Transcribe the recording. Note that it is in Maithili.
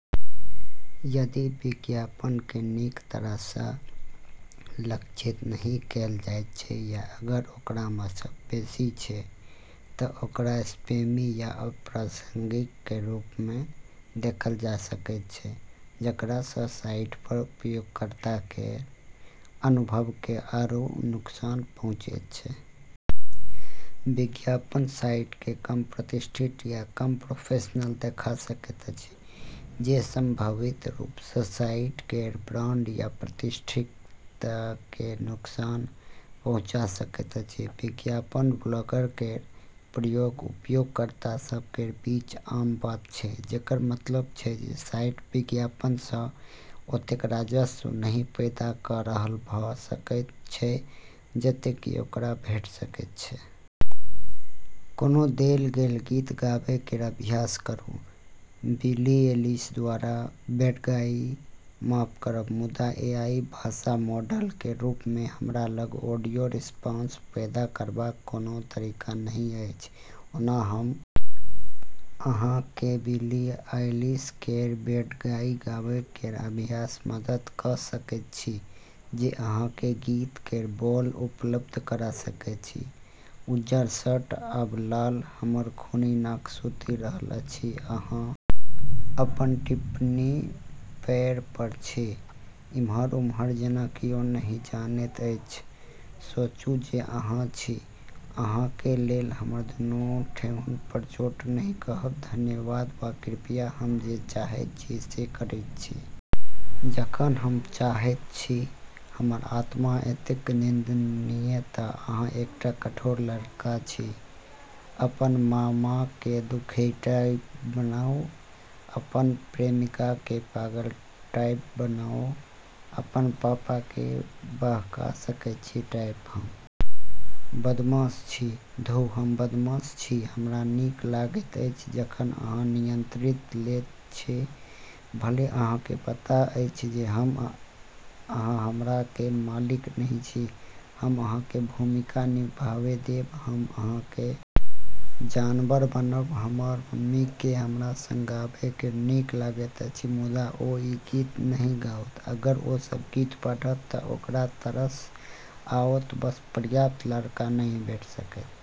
यदि विज्ञापनकेँ नीक तरहसँ लक्षित नहि कएल जाइत छै या अगर ओकरामेसँ बेसी छै तऽ ओकरा स्पैमी या अप्रासंगिक केर रूपमे देखल जा सकैत छै, जेकरासँ साइटपर उपयोगकर्ता केर अनुभवकेँ आरू नुकसान पहुँचैत छै। विज्ञापन साइटकेँ कम प्रतिष्ठित या कम प्रोफेशनल देखा सकैत अछि, जे संभावित रूपसँ साइट केर ब्रांड या प्रतिष्ठाकेँ नुकसान पहुँचा सकैत अछि। विज्ञापन-ब्लॉकर केर प्रयोग उपयोगकर्ता सभ केर बीच आम बात छै, जेकर मतलब छै जे साइट विज्ञापनसँ ओतेक राजस्व नहि पैदा कऽ रहल भऽ सकैत छै जतेक कि ओकरा भेटि सकैत छै। कोनो देल गेल गीत गाबै केर अभ्यास करू। बिली एलिश द्वारा "बैड गाइ" माफ करब, मुदा एआई भाषा मॉडल केर रूपमे हमरा लग ऑडियो रिस्पांस पैदा करबाक कोनो तरीका नहि अछि। ओना, हम अहाँकेँ बिली आइलिश केर "बैड गाइ" गाबै केर अभ्यासमे मदद कऽ सकैत छी जे अहाँकेँ गीत केर बोल उपलब्ध करा सकैत छी: उज्जर शर्ट आब लाल, हमर खूनी नाक सुति रहल अछि, अहाँ अपन टिप्पी पैरपर छी ' इम्हर-उम्हर जेना कियो नहि जनैत अछि सोचू जे अहाँ छी अहाँक लेल हमर दुनू ठेहुनपर चोट नहि कहब धन्यवाद वा कृपया हम जे चाहैत छी से करैत छी जखन हम चाहैत छी हमर आत्मा एतेक निंदनीय तऽ अहाँ एकटा कठोर लड़का छी '' अपन मामाकेँ दुखी टाइप बनाउ अपन प्रेमिकाकेँ पागल टाइट बनाउ अपन पापाकेँ बहका सकैत छी टाइप हम बदमाश छी, दुह हम बदमाश छी हमरा नीक लगैत अछि जखन अहाँ नियंत्रण लैत छी भले अहाँकेँ पता अछि जे अहाँ हमरा के मालिक नहि छी, हम अहाँकेँ भूमिका निभाबै देब हम अहाँक जानवर बनब हमर मम्मीकेँ हमरा संग गाबै केर नीक लगैत अछि मुदा ओ ई गीत नहि गाओत अगर ओ सब गीत पढ़त तऽ ओकरा तरस आओत ' बस पर्याप्त लड़का नहि भेट सकैत